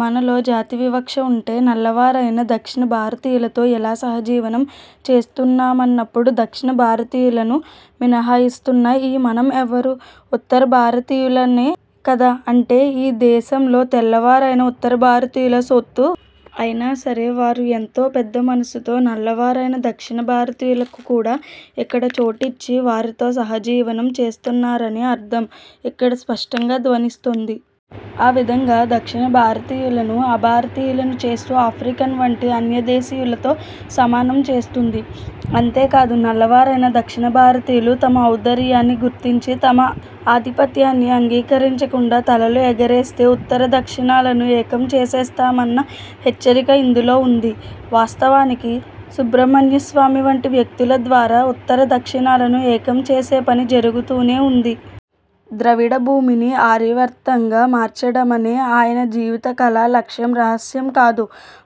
''మనలో జాతివివక్ష ఉంటే 'నల్ల'వారైన దక్షిణ భారతీయులతో ఎలా సహజీవనం చేస్తున్నా''మన్నప్పుడు, దక్షిణభారతీయులను మినహాయి స్తున్న ఈ 'మనం' ఎవరు? 'ఉత్తరభారతీయు'లనే కదా? అంటే, ఈ దేశం 'తెల్ల'వారైన ఉత్తరభారతీయుల సొత్తు, అయినాసరే వారు ఎంతో పెద్ద మనసుతో 'నల్ల'వారైన దక్షిణభారతీయులకు కూడా ఇక్కడ చోటిచ్చి వారితో సహజీవనం చేస్తున్నారనే అర్థం ఇక్కడ స్పష్టంగా ధ్వనిస్తోంది. ఆవిధంగా దక్షిణ భారతీయులను అభారతీయులను చేస్తూ ఆఫ్రికన్ల వంటి అన్యదేశీ యులతో సమానం చేస్తోంది. అంతేకాదు, 'నల్ల'వారైన దక్షిణభారతీయులు తమ ఔదార్యాన్ని గుర్తించి తమ ఆధిపత్యాన్ని అంగీకరించకుండా తలలు ఎగరేస్తే ఉత్తర, దక్షిణాలను ఏకం చేసేస్తామన్న హెచ్చరికా ఇందులో ఉంది. వాస్తవానికి సుబ్రమణ్య స్వామి వంటి వ్యక్తుల ద్వారా ఉత్తర దక్షిణాలను ఏకం చేసేపని జరుగుతూనే ఉంది. ద్రవిడభూమిని 'ఆర్యావర్తం'గా మార్చడమనే ఆయన జీవితకాల లక్ష్యం రహస్యం కాదు.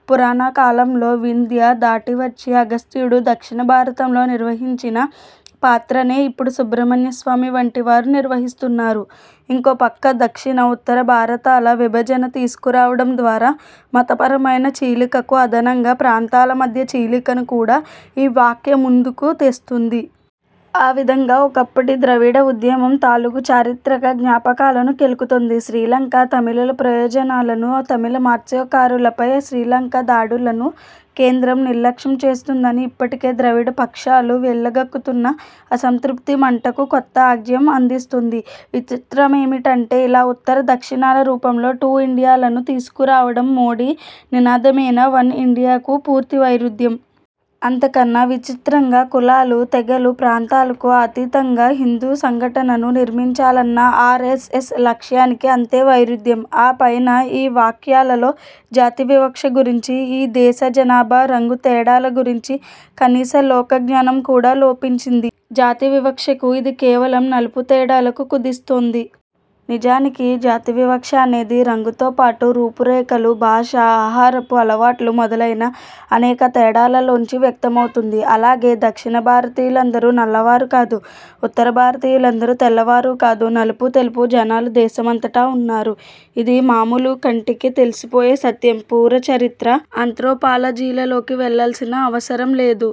పురాణకాలంలో వింధ్య దాటివచ్చి అగస్త్యుడు దక్షిణ భారతంలో నిర్వహించిన పాత్రనే ఇప్పుడు సుబ్రమణ్య స్వామి వంటివారు నిర్వహిస్తున్నారు. ఇంకోపక్క, దక్షిణ, ఉత్తరభారతాల విభజన తీసుకురావడం ద్వారా మతపరమైన చీలికకు అదనంగా ప్రాంతాల మధ్య చీలికను కూడా ఈ వ్యాఖ్య ముందుకు తెస్తోంది. ఆవిధంగా ఒకప్పటి ద్రవిడ ఉద్యమం తాలూకు చారిత్రక జ్ఞాపకాలను కెలుకుతోంది. శ్రీలంక తమిళుల ప్రయోజనాలను, తమిళ మత్స్యకారులపై శ్రీలంక దాడులను కేంద్రం నిర్లక్ష్యం చేస్తోందని ఇప్పటికే ద్రవిడ పక్షాలు వెళ్లగక్కుతున్న అసంతృప్తి మంటకు కొత్త ఆజ్యం అందిస్తోంది. విచిత్రమేమిటంటే, ఇలా ఉత్తర- దక్షిణాల రూపంలో 'టూ ఇండియాల'ను తీసుకురావడం, మోడీ నినాదమైన 'వన్ ఇండియా'కు పూర్తి వైరుధ్యం. అంతకన్నా విచిత్రంగా; కులాలు, తెగలు, ప్రాంతాలకు అతీతంగా హిందూ సంఘటనను నిర్మించాలన్న ఆర్. ఎస్. ఎస్ లక్ష్యానికీ అంతే వైరుధ్యం. ఆపైన ఈ వ్యాఖ్యలలో జాతివివక్ష గురించి, ఈ దేశజనాభా రంగు తేడాల గురించి కనీస లోకజ్ఞానం కూడా లోపించింది. జాతివివక్షను ఇది కేవలం నలుపు- తేడాలకు కుదిస్తోంది. నిజానికి జాతివివక్ష అనేది రంగుతోపాటు, రూపు రేఖలు, భాష, ఆహారపు అలవాట్లు మొదలైన అనేక తేడాలలోంచి వ్యక్తమవుతుంది. అలాగే, దక్షిణభారతీయులందరూ నల్లవారూ కాదు; ఉత్తర భారతీయులందరూ తెల్లవారూ కాదు. నలుపు-తెలుపు జనాలు దేశమంతటా ఉన్నారు. ఇది మామూలు కంటికి తెలిసిపోయే సత్యం; పురాచరిత్ర, ఆంత్రొపాలజీలలోకి వెళ్లాల్సిన అవసరంలేదు.